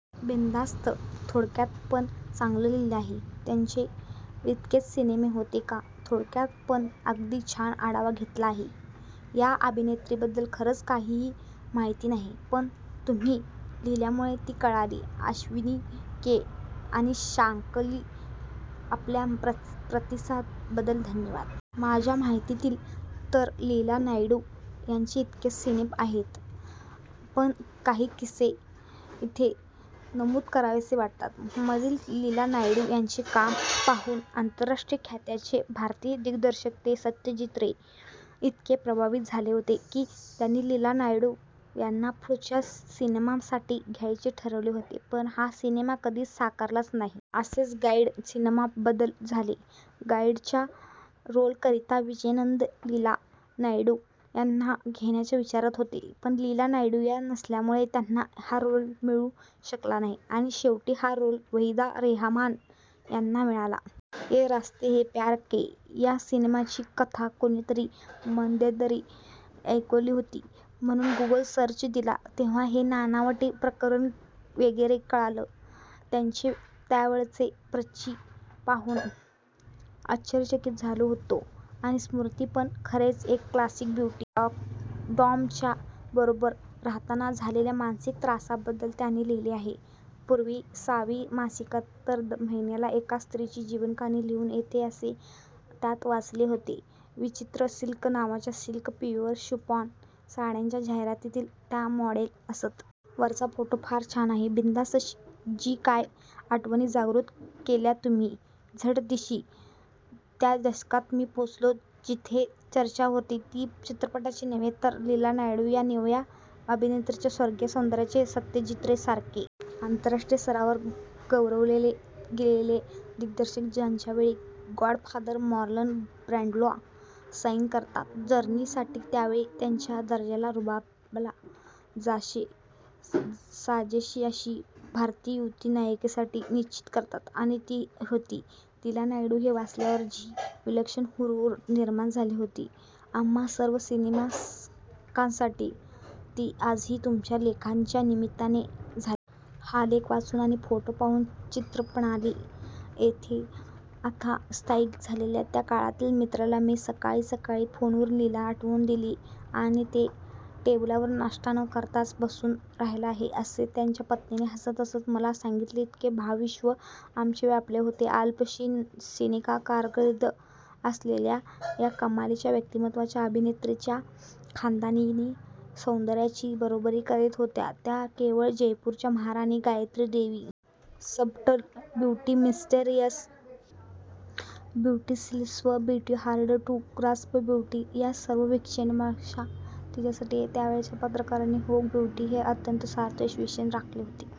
बिनधास्त, थोडक्यात पण चांगलं लिहिलं आहे. त्यांचे इतकेच सिनेमे होते का? थोडक्यात पण अगदी छान आढावा घेतला आहे. ह्या अभिनेत्रीबद्दल खरंच काहीही माहिती नाही. पण तुम्ही लिहिल्यामुळे ती कळाली. अश्विनि के. आणि शांकली, आपल्या प्रतिसाद बद्दल धन्यवाद! माझ्या माहितीतील तर लीला नायडू यांचे इतकेच सिनेमे आहेत. पण काही किस्से इथे नमूद करावेसे वाटतात! '' मधील लीला नायडू यांचे काम पाहून अंतरराष्ट्रीय ख्यातीचे भारतीय दिग्दर्शक श्री सत्यजित रे इतके प्रभावित झाले होते कि त्यांनी लीला नायडू याना पुढच्या सिनेमा साठी घ्यायचे ठरविले होते पण हा सिनेमा कधी साकारालाच नाही! असेच 'गाईड' सिनेमा बद्दल झाले गाईडच्या रोल करीता विजयानंद लीला नायडू याना घेण्याच्या विचारात होते. पण लीला नायडू या नसल्यामुळे त्यांना हा रोल मिळू शकला नाही आणि शेवटी हा रोल वहिदा रेहमान यांना मिळाला! ये रास्ते है प्यार के या सिनेमाची कथा कुणीतरी मध्यंतरी ऐकवली होती म्हणून गूगल सर्च दिला तेव्हां हे नानावटी प्रकरण वगैरे कळालं. त्यांचे त्यावेळचे प्रचि पाहून आश्चर्यचकित झालो होतो. आणि स्मृती पण. खरेच एक क्लासिक ब्युटी. डॉमच्या बरोबर राहताना झालेल्या मानसिक त्रासा बद्दल त्यांनि लिहीले आहे. पूर्वी सावी मासिकात दर महिन्याला एका स्त्रीची जीवनकहाणी लिहून येत असे त्यात वाचले होते. विचित्र सिल्क नावाच्या सिल्क/ प्युअर शिफॉन साड्यांच्या जाहिरातीत त्या मॉडेल असत. वरचा फोटो फार छान आहे. बिनधास्त जीकाय आठवणी जागृत केल्या तुम्ही! झटदिशी त्या दशकात मी पोचलो जिथे चर्चा होती ती चित्रपटाची नव्हे तर 'लीला नायडू' या नव्या अभिनेत्रीच्या स्वर्गीय सौंदर्याची. सत्यजीत रे सारखे आंतरराष्ट्रीय स्तरावर गौरविले गेलेले दिग्दर्शक ज्यावेळी "गॉडफादर" मार्लन ब्रॅण्डोला साईन करतात 'जर्नी' साठी त्यावेळी त्याच्या दर्जाला रुबाबाला साजेशी अशी भारतीय युवती नायिकेसाठी निश्चित करतात आणि ती होती 'लीला नायडू' हे वाचल्यावर जी विलक्षण हुरहूर निर्माण झाली होती आम्हा सर्व सिनेरसिकांसाठी ती आजही तुमच्या या लेखाच्या निमित्ताने झाली. हा लेख वाचून आणि फोटो पाहून त्रिचन्नापल्ली इथे आता स्थायिक झालेल्या 'त्या' काळातील मित्राला मी सकाळीसकाळी फोनवरून 'लीला' आठवून दिलीआणि तो टेबलवर नाष्टा न करताच बसून राहिला आहे असे त्याच्या पत्नीने हसतहसत मला सांगितलेइतके भावविश्व आमचे व्यापले होते अल्पशी सिनेकारकिर्द असलेल्या या कमालीच्या व्यक्तिमत्वाच्या अभिनेत्रीनेतिच्या खानदानी सौंदर्याची बरोबरी करीत होत्या त्या केवळ जयपूरच्या महाराणी Gayatri Devi. "Subtle beauty mysterious beauty elusive beauty hard to grasp beauty" या सर्व विशेषणांपेक्षा तिच्यासाठी त्यावेळेच्या पत्रकारांनी 'व्होग ब्यूटी' हे अत्यंत सार्थ विशेषण राखले होते.